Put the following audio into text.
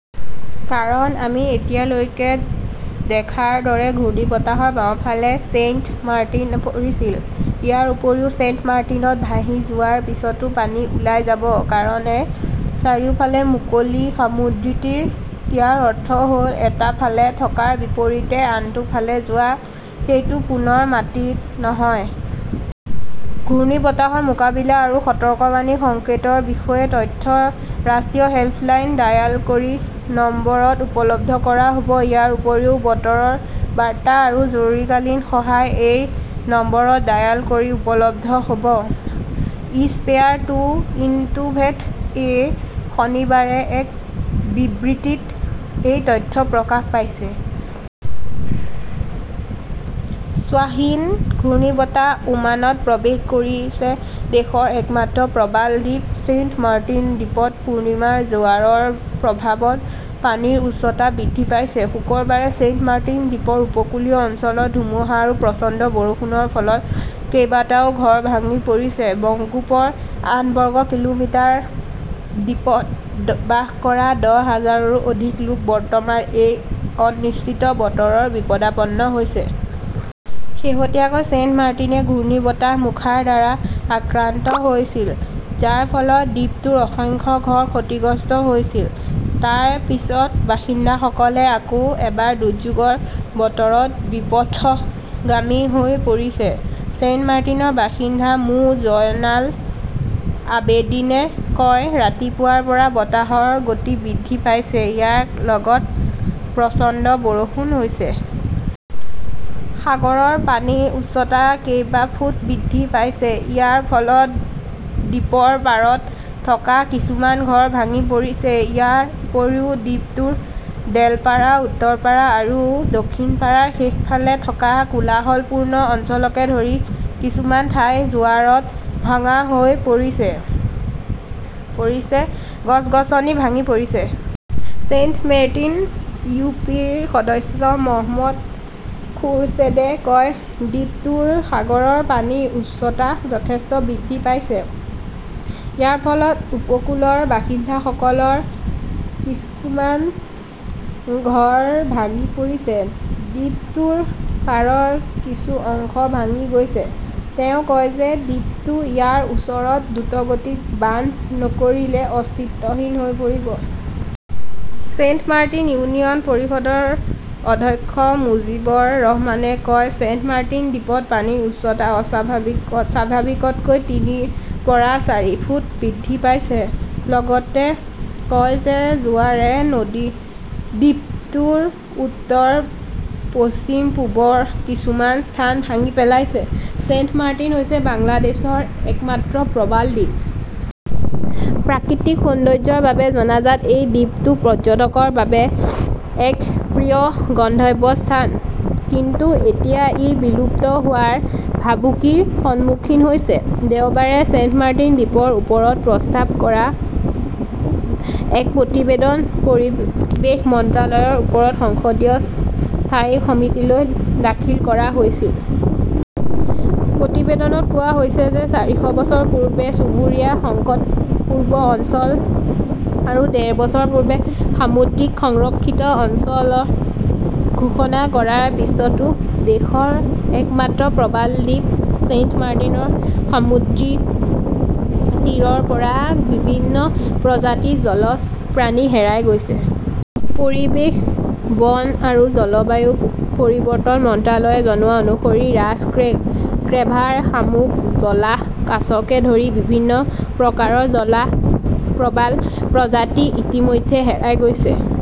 কাৰণ, আমি এতিয়ালৈকে দেখাৰ দৰে ঘূৰ্ণীবতাহৰ বাওঁফালে ছেইণ্টমাৰ্টিন পৰিছিল। ইয়াৰ উপৰিও, ছেইণ্টমাৰ্টিনত ভাহি যোৱাৰ পিছতো পানী ওলাই যাব। কাৰণ, চাৰিওফালে মুকলি সমুদ্ৰতীৰ। ইয়াৰ অৰ্থ হ'ল এটা ফালে থকাৰ বিপৰীতে আনটো ফালে যোৱা। এইটো পুনৰ মাটিত নহয়। ঘূৰ্ণীবতাহৰ মোকাবিলা আৰু সতৰ্কবাণী সংকেতৰ বিষয়ে তথ্য ৰাষ্ট্ৰীয় হেল্পলাইনত ডায়াল কৰি নম্বৰত উপলব্ধ কৰা হ'ব। ইয়াৰ উপৰিও, বতৰৰ বাৰ্তা আৰু জৰুৰীকালীন সহায় এই নম্বৰত ডায়াল কৰি উপলব্ধ হ 'ব। এছপেয়াৰ টু ইনোভেট এ শনিবাৰে এক বিবৃতিত এই তথ্য প্ৰকাশ কৰিছে। শ্বাহীন ঘূৰ্ণীবতাহ ওমানত প্ৰৱেশ কৰিছে দেশৰ একমাত্ৰ প্ৰবাল দ্বীপ ছেইণ্টমাৰ্টিন দ্বীপত পূৰ্ণিমাৰ জোৱাৰৰ প্ৰভাৱত পানীৰ উচ্চতা বৃদ্ধি পাইছে। শুকুৰবাৰে ছেইণ্টমাৰ্টিন দ্বীপৰ উপকূলীয় অঞ্চলত ধুমুহা আৰু প্ৰচণ্ড বৰষুণৰ ফলত কেইবাটাও ঘৰ ভাঙি পৰিছে। বংগোপসাগৰৰ আঠ বৰ্গ কিলোমিটাৰ দ্বীপত বাস কৰা দহ হাজাৰৰো অধিক লোক বৰ্তমান এই অনিশ্চিত বতৰত বিপদাপন্ন হৈছে। শেহতীয়াকৈ, ছেইণ্টমাৰ্টিনে ঘূৰ্ণীবতাহ মোখাৰ দ্বাৰা আক্ৰান্ত হৈছিল, যাৰ ফলত দ্বীপটোৰ অসংখ্য ঘৰ ক্ষতিগ্ৰস্ত হৈছিল। তাৰ পিছত বাসিন্দাসকলে আকৌ এবাৰ দুৰ্যোগৰ বতৰত বিপথগামী হৈ পৰিছে। ছেইণ্টমাৰ্টিনৰ বাসিন্দা মো. জয়নাল আবেদীনে কয়, ৰাতিপুৱাৰ পৰা বতাহৰ গতি বৃদ্ধি পাইছে, ইয়াৰ লগত প্ৰচণ্ড বৰষুণ হৈছে। সাগৰৰ পানীৰ উচ্চতা কেইবা ফুট বৃদ্ধি পাইছে। ইয়াৰ ফলত দ্বীপৰ পাৰত থকা কিছুমান ঘৰ ভাঙি পৰিছে। ইয়াৰ উপৰিও দ্বীপটোৰ ডেলপাৰা, উত্তৰপাৰা আৰু দক্ষিণপাৰাৰ শেষৰ ফালে থকা কোলাহলপূৰ্ণ অঞ্চলকে ধৰি কিছুমান ঠাই জোৱাৰত ভঙা হৈ পৰিছে, গছ-গছনি ভাঙি পৰিছে। Saint Martin U. পি. ৰ সদস্য মহম্মদ খোৰছেডে কয়, দ্বীপটোত সাগৰৰ পানীৰ উচ্চতা যথেষ্ট বৃদ্ধি পাইছে। ইয়াৰ ফলত উপকূলৰ বাসিন্দাসকলৰ কিছুমান ঘৰ ভাঙি পৰিছে। দ্বীপটোৰ পাৰৰ কিছু অংশ ভাঙি গৈছে। তেওঁ কয় যে দ্ৰীপটো ইয়াৰ ওচৰত দ্ৰুতগতিত বান্ধ নকৰিলে অস্তিত্বহীন হৈ পৰিব। ছেইণ্টমাৰ্টিন ইউনিয়ন পৰিষদৰ অধ্যক্ষ মুজীবৰ ৰহমানে কয়, "ছেইণ্টমাৰ্টিন দ্বীপত পানীৰ উচ্চতা স্বাভাৱিকতকৈ তিনিৰ পৰা চাৰি ফুট বৃদ্ধি পাইছে।" তেওঁ লগতে কয় যে জোৱাৰে দ্বীপটোৰ উত্তৰ, পশ্চিম-পূবৰ কিছুমান স্থান ভাঙি পেলাইছে। ছেইণ্টমাৰ্টিন হৈছে বাংলাদেশৰ একমাত্ৰ প্ৰবাল দ্বীপ। প্ৰাকৃতিক সৌন্দৰ্য্যৰ বাবে জনাজাত এই দ্বীপটো পৰ্যটকৰ বাবে এক প্ৰিয় গন্তব্যস্থান। কিন্তু এতিয়া ই বিলুপ্ত হোৱাৰ ভাবুকিৰ সন্মুখীন হৈছে। দেওবাৰে ছেইণ্টমাৰ্টিন দ্বীপৰ ওপৰত প্ৰস্তুত কৰা এক প্ৰতিবেদন পৰিৱেশ মন্ত্ৰালয়ৰ ওপৰত সংসদীয় স্থায়ী সমিতিলৈ দাখিল কৰা হৈছিল। প্ৰতিবেদনত কোৱা হৈছে যে চাৰিশ বছৰ পূৰ্বে চুবুৰীয়া সংকটপূৰ্ণ অঞ্চল আৰু ডেৰ বছৰ পূৰ্বে সামুদ্ৰিক সংৰক্ষিত অঞ্চল ঘোষণা কৰাৰ পিছতো দেশৰ একমাত্ৰ প্ৰবাল দ্বীপ ছেইণ্টমাৰ্টিনৰ সমুদ্ৰতীৰৰ পৰা বিভিন্ন প্ৰজাতিৰ জলজ প্ৰাণী হেৰাই গৈছে। পৰিৱেশ, বন আৰু জলবায়ু পৰিৱৰ্তন মন্ত্ৰালয়ে জনোৱা অনুসৰি ৰাজ ক্ৰেভাৰ, শামুক, জলাহ, কাছকে ধৰি বিভিন্ন প্ৰকাৰৰ প্ৰবাল প্ৰজাতি ইতিমধ্যে হেৰাই গৈছে।